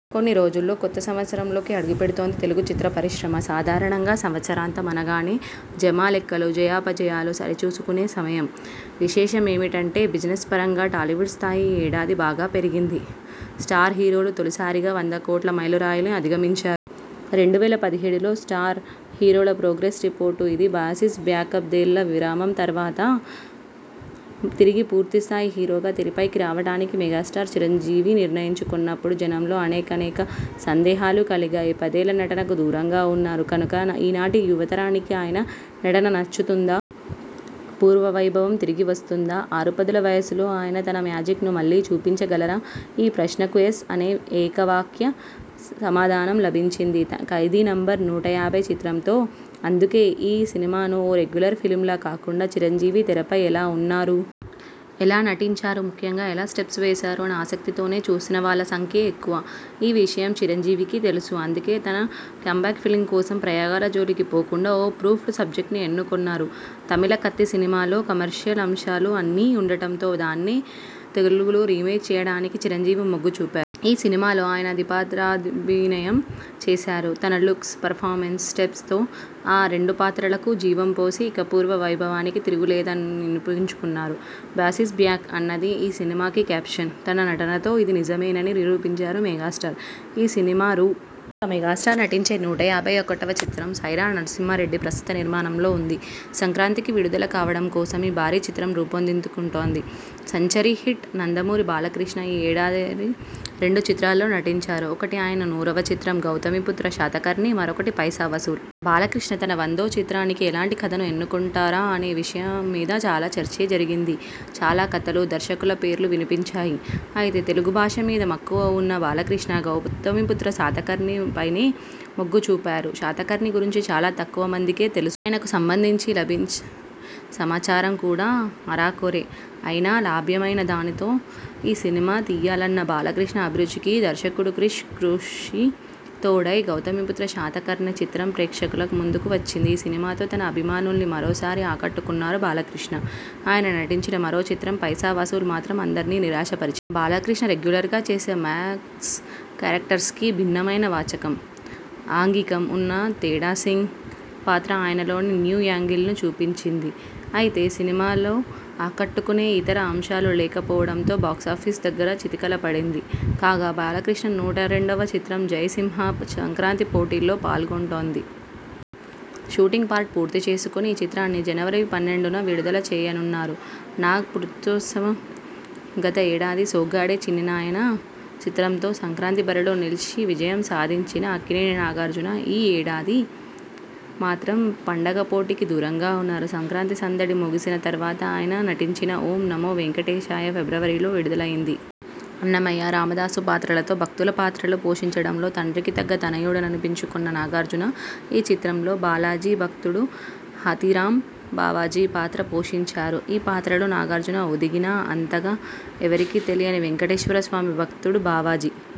కొన్ని రోజుల్లో కొత్త సంవత్సరంలోకి అడుగుపెడుతోంది తెలుగు చిత్ర పరిశ్రమ. సాధారణంగా సంవత్సరాంతం అనగానే జమా లెక్కలు, జయా పజయాలు సరిచూసుకొనే సమయం. విశేషమేమిటంటే బిజినెస్ పరంగా టాలీవుడ్ స్థాయి ఈ ఏడాది బాగా పెరిగింది. 'స్టార్' హీరోలు తొలిసారిగా వంద కోట్ల మైలురాయిని అధిగమించారు. రెండు వేల పదిహేడులో 'స్టార్' హీరోల ప్రోగ్రెస్ రిపోర్ట్ ఇది బాస్ ఈజ్ బ్యాక్పదేళ్ల విరామం తర్వాత తిరిగి పూర్తి స్థాయి హీరోగా తెరపైకి రావడానికి మెగాస్టార్ చిరంజీవి నిర్ణయించుకొన్నప్పుడు జనంలో అనేకానేక సందేహాలు కలిగాయి. పదేళ్లు నటనకు దూరంగా ఉన్నారు కనుక ఈనాటి యువతరానికి ఆయన నటన నచ్చుతుందా? పూర్వ వైభవం తిరిగి వస్తుందా? ఆరు పదుల వయసులో ఆయన తన మ్యాజిక్ను మళ్లీ చూపించగలరా? ఈ ప్రశ్నలకు 'ఎస్' అనే ఏకవాక్య సమాధానం లభించింది 'ఖైదీ నంబర్ నూట యాభై' చిత్రంతో. అందుకే ఈ సినిమాను ఓ రెగ్యులర్ ఫిల్మ్లా కాకుండా చిరంజీవి తెరపై ఎలా ఉన్నారు? ఎలా నటించారు? ముఖ్యంగా ఎలా స్టెప్స్ వేశారు? అనే ఆసక్తితోనే చూసిన వాళ్ల సంఖ్యే ఎక్కువ. ఈ విషయం చిరంజీవికీ తెలుసు. అందుకే తన 'కమ్ బ్యాక్' ఫిల్మ్ కోసం ప్రయోగాల జోలికి పోకుండా ఓ ప్రూవ్డ్ సబ్జెక్ట్ని ఎన్నుకొన్నారు. తమిళ 'కత్తి' సినిమాలో కమర్షియల్ అంశాలు అన్నీ ఉండటంతో దాన్నే తెలుగులో రీమేక్ చేయడానికి చిరంజీవి మొగ్గు చూపారు. ఈ సినిమాలో ఆయన ద్విపాత్రాభియం చేశారు. తన లుక్స్, పెర్ఫార్మెన్స్, స్టెప్స్తో ఆ రెండు పాత్రలకూ జీవం పోసి ఇక పూర్వ వైభవానికి తిరుగులేదనిపించుకొన్నారు. 'బాస్ ఈజ్ బ్యాక్' అన్నది ఈ సినిమాకి క్యాప్షన్. తన నటనతో అది నిజమేనని నిరూపించారు మెగాస్టార్. ఈ సినిమా రూ. ఇక మెగాస్టార్ నటించే నూట యాభై ఒకటివ చిత్రం 'సైరా నరసింహారెడ్డి' ప్రస్తుతం నిర్మాణంలో ఉంది. సంక్రాంతికి విడుదల కావడం కోసం ఈ భారీ చిత్రం రూపుదిద్దుకుంటోంది. సెంచరీ 'హిట్'నందమూరి బాలకృష్ణ ఈ ఏడాది రెండు చిత్రాల్లో నటించారు. ఒకటి ఆయన నూరవ చిత్రం 'గౌతమిపుత్ర శాతకర్ణి', మరొకటి 'పైసా వసూల్'. బాలకృష్ణ తన వందో చిత్రానికి ఎలాంటి కథను ఎన్నుకొంటారా అనే విషయం మీద చాలా చర్చే జరిగింది. చాలా కథలు, దర్శకుల పేర్లు వినిపించాయి. అయితే తెలుగు భాష మీద మక్కువ ఉన్న బాలకృష్ణ 'గౌతమిపుత్ర శాతకర్ణి' పైనే మొగ్గు చూపారు. శాతకర్ణి గురించి చాలా తక్కువ మందికే తెలుసు. ఆయనకు సంబంధించి లభించే సమాచారం కూడా అరకొరే. అయినా లభ్యమైన దాంతో ఈ సినిమా తీయాలన్న బాలకృష్ణ అభిరుచికి దర్శకుడు క్రిష్ కృషి తోడై 'గౌతమిపుత్ర శాతకర్ణి' చిత్రం ప్రేక్షకుల ముందుకు వచ్చింది. ఈ సినిమాతో తన అభిమానుల్ని మరోసారి ఆకట్టుకొన్నారు బాలకృష్ణ. ఆయన నటించిన మరో చిత్రం 'పైసా వసూల్' మాత్రం అందర్నీ నిరాశపరిచింది. బాలకృష్ణ రెగ్యులర్గా చేసే మాక్స్ కేరెక్టర్స్కి భిన్నమైన వాచకం, ఆంగికం ఉన్న 'తేడాసింగ్' పాత్ర ఆయనలోని న్యూ యాంగిల్ను చూపించింది. అయితే సినిమాలో ఆకట్టుకొనే ఇతర అంశాలు లేక పోవడంతో బాక్సాఫీసు దగ్గర చతికిల పడింది. కాగా బాలకృష్ణ నూట రెండువ చిత్రం 'జై సింహా' సంక్రాంతి పోటీలో పాల్గొంటోంది. షూటింగ్ పార్ట్ పూర్తి చేసుకొని ఈ చిత్రాన్ని జనవరి పన్నెండున విడుదల చేయనున్నారు. నాగ్ పుత్రోత్సవం గత ఏడాది 'సోగ్గాడే చిన్ని నాయనా' చిత్రంతో సంక్రాంతి బరిలో నిలిచి విజయం సాధించిన అక్కినేని నాగార్జున ఈ ఏడాది మాత్రం పండుగ పోటీకి దూరంగా ఉన్నారు. సంక్రాంతి సందడి ముగిసిన తర్వాత ఆయన నటించిన 'ఓం నమో వేంకటేశాయ' ఫిబ్రవరిలో విడుదలైంది. 'అన్నమయ్య', 'రామదాసు' పాత్రలతో భక్తుల పాత్రలు పోషించడంలో తండ్రికి తగ్గ తనయుడనిపించుకొన్న నాగార్జున ఈ చిత్రంలో బాలాజీ భక్తుడు హాథీరామ్ బావాజీ పాత్ర పోషించారు. ఆ పాత్రలో నాగార్జున ఒదిగినా, అంతగా ఎవరికీ తెలియని వెంకటేశ్వర స్వామి భక్తుడు బావాజీ